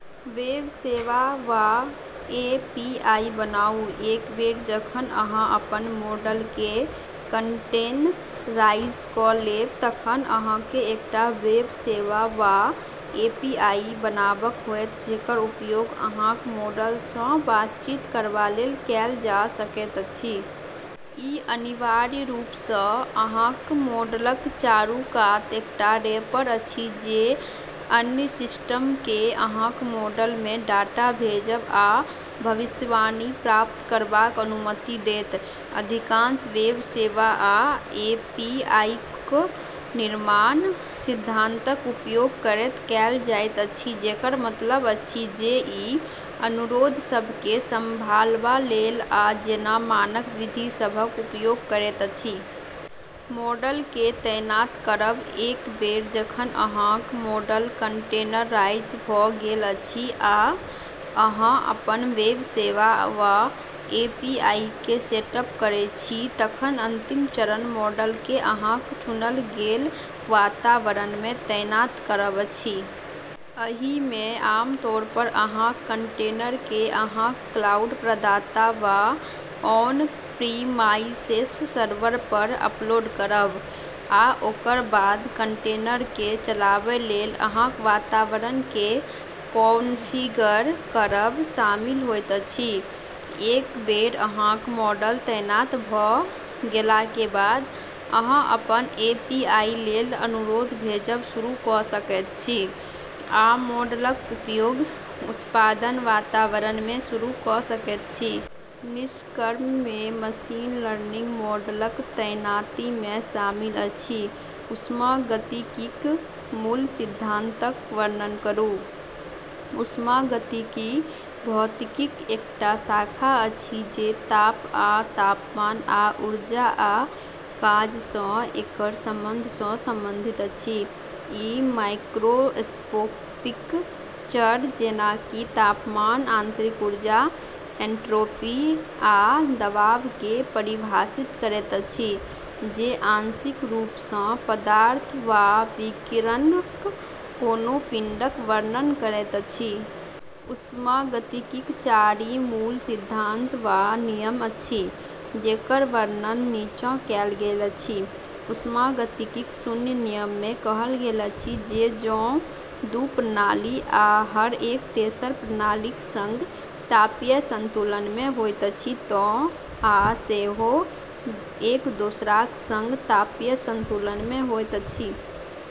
Web सेवा वा API बनाउ एक बेर जखन अहाँ अपन मॉडलकेँ कंटेनराइज क’ लेब तखन अहाँकेँ एकटा वेब सेवा वा एपीआई बनाबक होयत जेकर उपयोग अहाँक मॉडल सँ बातचीत करबा लेल कएल जा सकैत अछि। ई अनिवार्य रूप सँ अहाँक मॉडलक चारू कात एकटा रैपर अछि जे अन्य सिस्टमकेँ अहाँक मॉडलमे डाटा भेजब आ भविष्यवाणी प्राप्त करबाक अनुमति देत। अधिकांश वेब सेवा आ एपीआईक निर्माण सिद्धांतक उपयोग करैत कएल जाइत अछि, जेकर मतलब अछि जे ई अनुरोध सभकेँ संभालबा लेल, आ जेना मानक विधि सभक उपयोग करैत अछि। मॉडलकेँ तैनात करब एक बेर जखन अहाँक मॉडल कंटेनराइज भ’ गेल अछि आ अहाँ अपन वेब सेवा वा एपीआईकेँ सेटअप करै छी, तखन अंतिम चरण मॉडलकेँ अहाँक चुनल गेल वातावरणमे तैनात करब अछि। एहिमे आमतौर पर अहाँक कंटेनरकेँ अहाँक क्लाउड प्रदाता वा ऑन प्रिमाइसेस सर्वर पर अपलोड करब, आ ओकर बाद कंटेनरकेँ चलाबै लेल अहाँक वातावरणकेँ कॉन्फ़िगर करब शामिल होइत अछि। एक बेर अहाँक मॉडल तैनात भ’ गेला के बाद, अहाँ अपन एपीआई लेल अनुरोध भेजब शुरू क’ सकैत छी, आ मॉडलक उपयोग उत्पादन वातावरणमे शुरू क’ सकैत छी। निष्कर्षमे, मशीन लर्निंग मॉडलक तैनातीमे शामिल अछि। ऊष्मागतिकीक मूल सिद्धांतक वर्णन करू। ऊष्मागतिकी भौतिकीक एकटा शाखा अछि जे ताप आ तापमान आ ऊर्जा आ काज सँ एकर संबंध सँ संबंधित अछि। ई मैक्रोस्कोपिक चर, जेना कि तापमान, आंतरिक ऊर्जा, एन्ट्रोपी, आ दबावकेँ परिभाषित करैत अछि, जे आंशिक रूप सँ पदार्थ वा विकिरणक कोनो पिंडक वर्णन करैत अछि। ऊष्मागतिकीक चारि मूल सिद्धांत वा नियम अछि, जेकर वर्णन नीचाँ कएल गेल अछि। ऊष्मागतिकीक शून्य नियममे कहल गेल अछि जे जँ दू प्रणाली, आ, हर एक तेसर प्रणालीक संग तापीय संतुलनमे होइत अछि, तँ आ सेहो एक दोसराक संग तापीय संतुलनमे होइत अछि।